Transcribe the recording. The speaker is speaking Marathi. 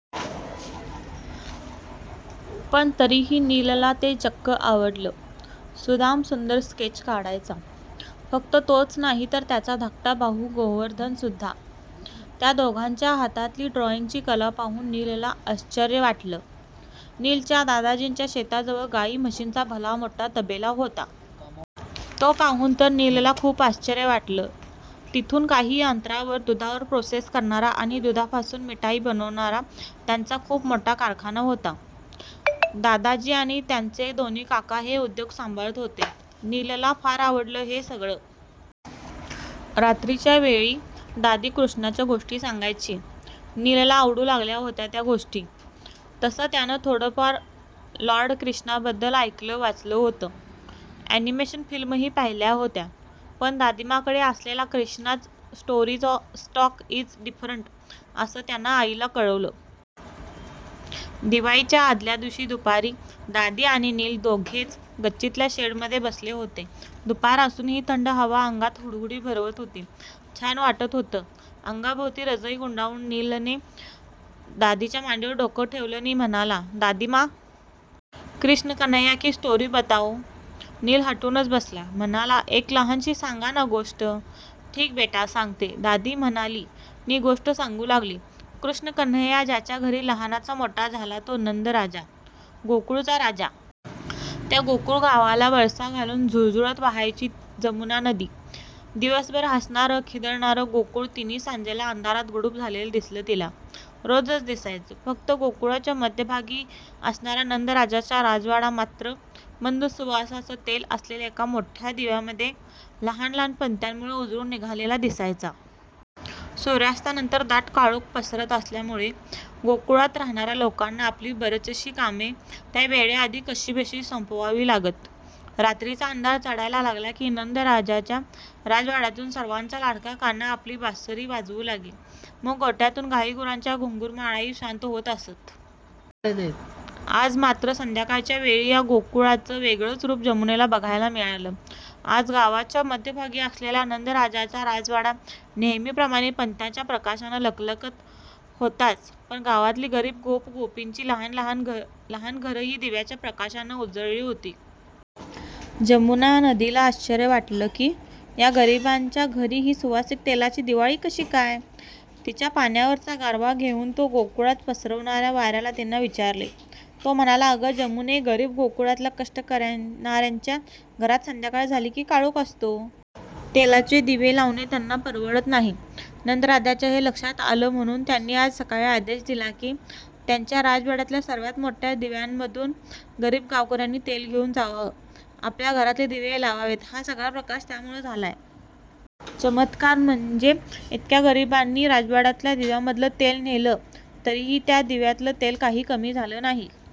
पण तरीही नीलला ते चक्क आवडलं. सुदाम सुंदर स्केच काढायचा. फक्त तोच नाही तर त्याचा धाकटा भाऊ गोवर्धनसुद्धा. त्या दोघांच्या हातातली ड्रॉइंगची कला पाहून नीलला आश्चर्य वाटलं. नीलच्या दादाजींच्या शेताजवळ गाई-म्हशींचा भलामोठा तबेला होता. तो पाहून तर नीलला खूप आश्चर्य वाटलं. तिथून काही अंतरावर दुधावर प्रोसेस करणारा आणि दुधापासून मिठाई बनवणारा त्यांचा खूप मोठा कारखाना होता. दादाजी आणि त्याचे दोन्ही काका हे उद्योग सांभाळत होते. नीलला फार आवडलं हे सगळं. रात्रीच्या वेळी दादी कृष्णाच्या गोष्टी सांगायची. नीलला आवडू लागल्या होत्या त्या गोष्टी. तसं त्यानं थोडंफार लॉर्ड क्रिष्णाबद्दल ऐकलं-वाचलं होतं. ॲनिमेशन फिल्मही पाहिल्या होत्या. पण, 'दादीमाकडे असलेला Krishna's stories stock is different,' असं त्यानं आईला कळवलं. दिवाळीच्या आदल्या दिवशी दुपारी दादी आणि नील दोघेच गच्चीतल्या शेडमध्ये बसले होते. दुपार असूनही थंड हवा अंगात हुडहुडी भरवत होती. छान वाटत होतं. अंगाभोवती रजई गुंडाळून नीलने दादीच्या मांडीवर डोकं ठेवलं नि म्हणाला, "दादीमा... क्रिष्ण कन्हैय्या की स्टोरी बताओ." नील हटूनच बसला. म्हणाला, "एक लहानशी सांग ना गोष्ट." "ठीक बेटा, सांगते." दादी म्हणाली नि गोष्ट सांगू लागली. 'कृष्णकन्हैय्या ज्याच्या घरी लहानाचा मोठा झाला तो नंद राजा. गोकुळचा राजा. त्या गोकुळ गावाला वळसा घालून झुळझुळत वाहायची जमुना नदी. दिवसभर हसणारं, खिदळणारं गोकुळ तिन्हीसांजेला अंधारात गुडूप झालेलं दिसलं तिला. रोजच दिसायचं. फक्त गोकुळाच्या मध्यभागी असणारा नंदराजाचा राजवाडा मात्र, मंद सुवासाचं तेल असलेल्या एका मोठ्या दिव्यामुळे आणि लहान लहान पणत्यांमुळे उजळून निघालेला दिसायचा. सूर्यास्तानंतर दाट काळोख पसरत असल्यामुळे गोकुळात राहणाऱ्या लोकांना आपली बरीचशी कामं त्या वेळेआधी कशीबशी संपवावी लागत. रात्रीचा अंधार चढायला लागला की, नंदराजाच्या राजवाड्यातून सर्वांचा लाडका कान्हा आपली बासरी वाजवू लागे. मग गोठ्यांतून गाई-गुरांच्या घुंगुरमाळाही शांत होत असत. आज मात्र संध्याकाळच्या वेळी या गोकुळाचं वेगळंच रूप जमुनेला बघायला मिळालं. आज गावाच्या मध्यभागी असलेला नंदराजाचा राजवाडा नेहमीप्रमाणे पणत्यांच्या प्रकाशानं लखलखला होताच, पण गावातली गरीब गोप-गोपींची लहान लहान घरंही दिव्याच्या प्रकाशानं उजळली होती. जमुनानदीला आश्चर्य वाटलं की, या गरिबांच्या घरी ही सुवासिक तेलाची दिवाळी कशी काय? तिच्या पाण्यावरचा गारवा घेऊन तो गोकुळात पसरवणाऱ्या वाऱ्याला तिने विचारलं. तो म्हणाला, "अगं जमुने, गरीब गोकुळातल्या कष्ट करणाऱ्यांच्या घरात संध्याकाळ झाली की, काळोख असतो. तेलाचे दिवे लावणं त्यांना परवडत नाही. नंदराजांच्या हे लक्षात आलं. म्हणून त्यांनी आज सकाळी आदेश दिला की, त्यांच्या राजवाड्यातल्या सर्वात मोठ्या दिव्यामधून गरीब गावकऱ्यांनी तेल घेऊन जावं. आपल्या घरातले दिवे लावावेत. हा सगळा प्रकाश त्यामुळे झालाय. चमत्कार म्हणजे, इतक्या गरिबांनी राजवाड्यातल्या दिव्यामधलं तेल नेलं, तरीही त्या दिव्यातलं तेल काही कमी झालं नाही.